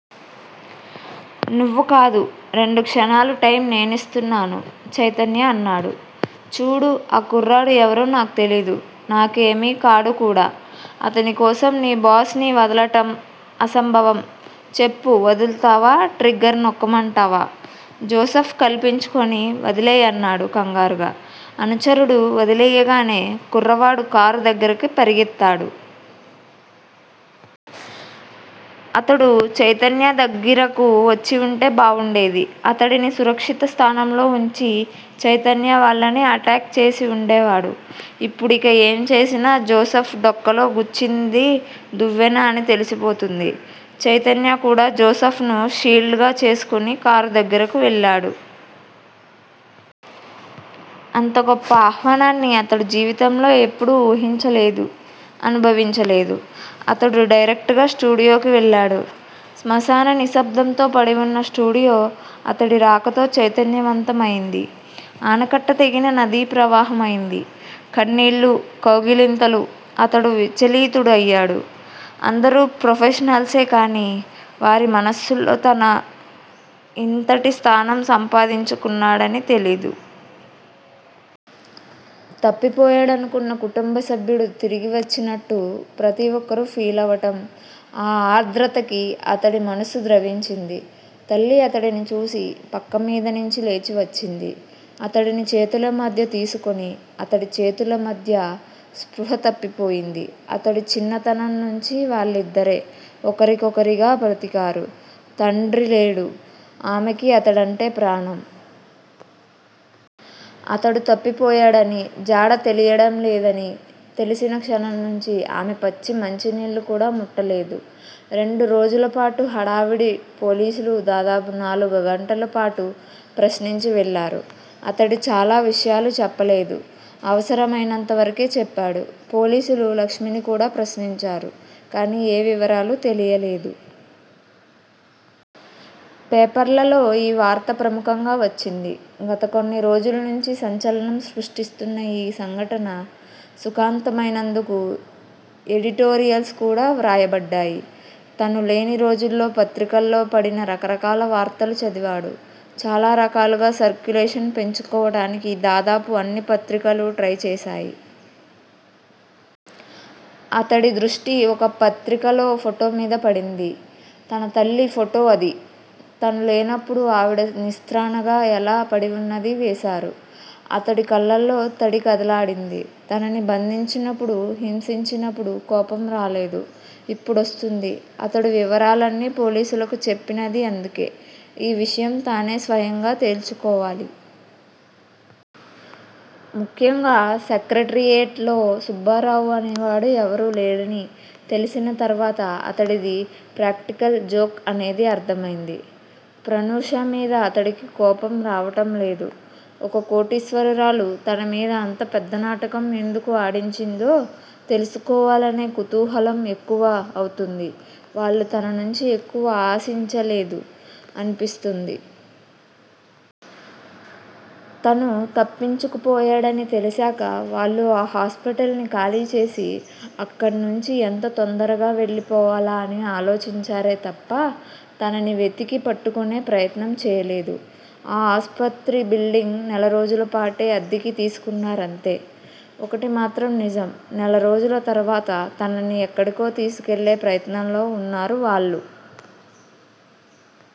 నువ్వు కాదు, రెండు క్షణాలు టైమ్ నేనిస్తున్నాను చైతన్య అన్నాడు. చూడూ ఆ కుర్రాడు ఎవరో నాకు తెలీదు. నాకేమీ కాడు కూడా. అతనికోసం నీ బాస్ ని వదలటం అసంభవం. చెప్పు వదుల్తావా? ట్రిగ్గర్ నొక్కమంటావా? జోసెఫ్ కల్పించుకుని వదిలెయ్ అన్నాడు కంగారుగా. అనుచరుడు వదిలెయ్యగానే కుర్రవాడు కారు దగ్గరికి పరిగెత్తాడు. అతడు చైతన్య దగ్గిరకు వచ్చివుంటే బావుండేది. అతడిని సురక్షిత స్థానంలో వుంచి చైతన్య వాళ్ళని అటాక్ చేసి వుండే వాడు. ఇప్పుడిక ఏం చేసినా, జోసెఫ్ డొక్కలో గుచ్చింది దువ్వెన అని తెలిసిపోతుంది. చైతన్య కూడా జోసెఫ్ ని షీల్డ్ గా చేసుకుని కారు దగ్గిరకు వెళ్ళాడు. అంత గొప్ప ఆహ్వానాన్ని అతడు జీవితంలో ఎప్పుడూ ఊహించలేదు, అనుభవించలేదు. అతడు డైరెక్టుగా స్టూడియోకి వెళ్ళాడు. శ్మశాన నిశ్శబ్దంతో పడివున్న స్టూడియో అతడి రాకతో చైతన్య వంతం అయింది. ఆనకట్ట తెగిన నదీప్రవాహం అయింది. కన్నీళ్ళూ, కౌగిలింతలూ అతడు విచలితుడయ్యాడు. అందరూ ప్రొఫెషనల్సే. కానీ వారి మనసుల్లో తను ఇంతటి స్థానం సంపాదించుకున్నాడని తెలీదు. తప్పిపోయాడనుకున్న కుటుంబసభ్యుడు తిరిగి వచ్చినట్టు ప్రతి ఒక్కరూ ఫీలవటం ఆ ఆర్ధ్రతకి అతడి మనసు ద్రవించింది. తల్లి అతడిని చూసి పక్కమీదనుంచి లేచి వచ్చింది. అతడిని చేతులమధ్య తీసుకుని, అతడి చేతులమధ్య స్పృహ తప్పిపోయింది. అతడి చిన్నతనంనుంచీ వాళ్ళిద్దరే ఒకరికొకరిగా బ్రతికారు. తండ్రి లేడు. ఆమెకి అతడంటే ప్రాణం. అతడు తప్పిపోయాడని, జాడ తెలియడంలేదనీ తెలిసిన క్షణంనుంచీ ఆమె పచ్చి మంచినీళ్ళు కూడా ముట్టలేదు. రెండు రోజులపాటు హడావుడి. పోలీసులు దాదాపు నాలుగు గంటలపాటు ప్రశ్నించి వెళ్ళారు. అతడు చాలా విషయాలు చెప్పలేదు. అవసరమయినంతవరకే చెప్పాడు. పోలీసులు లక్ష్మిని కూడా ప్రశ్నించారు. కానీ ఏ వివరాలూ తెలియలేదు. పేపర్లలో ఈ వార్త ప్రముఖంగా వచ్చింది. గత కొన్ని రోజుల్నుంచి సంచలనం సృష్టిస్తున్న ఈ సంఘటన సుఖాంతమైనందుకు ఎడిటోరియల్స్ కూడా వ్రాయబడ్డాయి. తను లేని రోజుల్లో పత్రికల్లో పడిన రకరకాల వార్తలు చదివాడు. చాలా రకాలుగా సర్క్యులేషన్ పెంచుకోవటానికి దాదాపు అన్ని పత్రికలూ ట్రై చేశాయి. అతడి దృష్టి ఒక పత్రికలో ఫోటోమీద పడింది. తన తల్లి ఫోటో అది. తను లేనప్పుడు ఆవిడ నిస్త్రాణగా ఎలా పడివున్నదీ వేశారు. అతడి కళ్ళల్లో తడి కదలాడింది. తనని బంధించినప్పుడూ, హింసించినప్పుడు కోపం రాలేదు. ఇప్పుడొస్తూంది. అతడు వివరాలన్నీ పోలీసులకు చెప్పనిది అందుకే. ఈ విషయం తనే స్వయంగా తేల్చుకోవాలి. ముఖ్యంగా, సెక్రట్రియేట్ లో సుబ్బారావు అనేవాడు ఎవరూ లేడని తెలిసిన తర్వాత అతడిది ప్రాక్టికల్ జోక్ అనేది అర్ధమైంది. ప్రనూష మీద అతడికి కోపం రావటంలేదు. ఒక కోటీశ్వరురాలు తనమీద అంత పెద్ద నాటకం ఎందుకు ఆడించిందో తెలుసుకోవాలనే కుతూహలం ఎక్కువ అవుతూంది. వాళ్ళు తననుంచి ఎక్కువ ఆశించలేదు అన్పిస్తోంది. తను తప్పించుకుపోయాడని తెలిశాక వాళ్ళు ఆ హాస్పిటల్ ని ఖాళీచేసి అక్కడ్నుంచి ఎంత తొందరగా వెళ్ళిపోవాలా అని ఆలోచించారే తప్ప తనని వెతికి పట్టుకునే ప్రయత్నం చేయలేదు. ఆ ఆస్పత్రి బిల్డింగ్ నెలరోజులపాటే అద్దెకి తీసుకున్నారంతే- ఒకటి మాత్రం నిజం! నెలరోజుల తర్వాత తనని ఎక్కడికో తీసుకెళ్ళే ప్రయత్నంలో వున్నారు వాళ్ళు.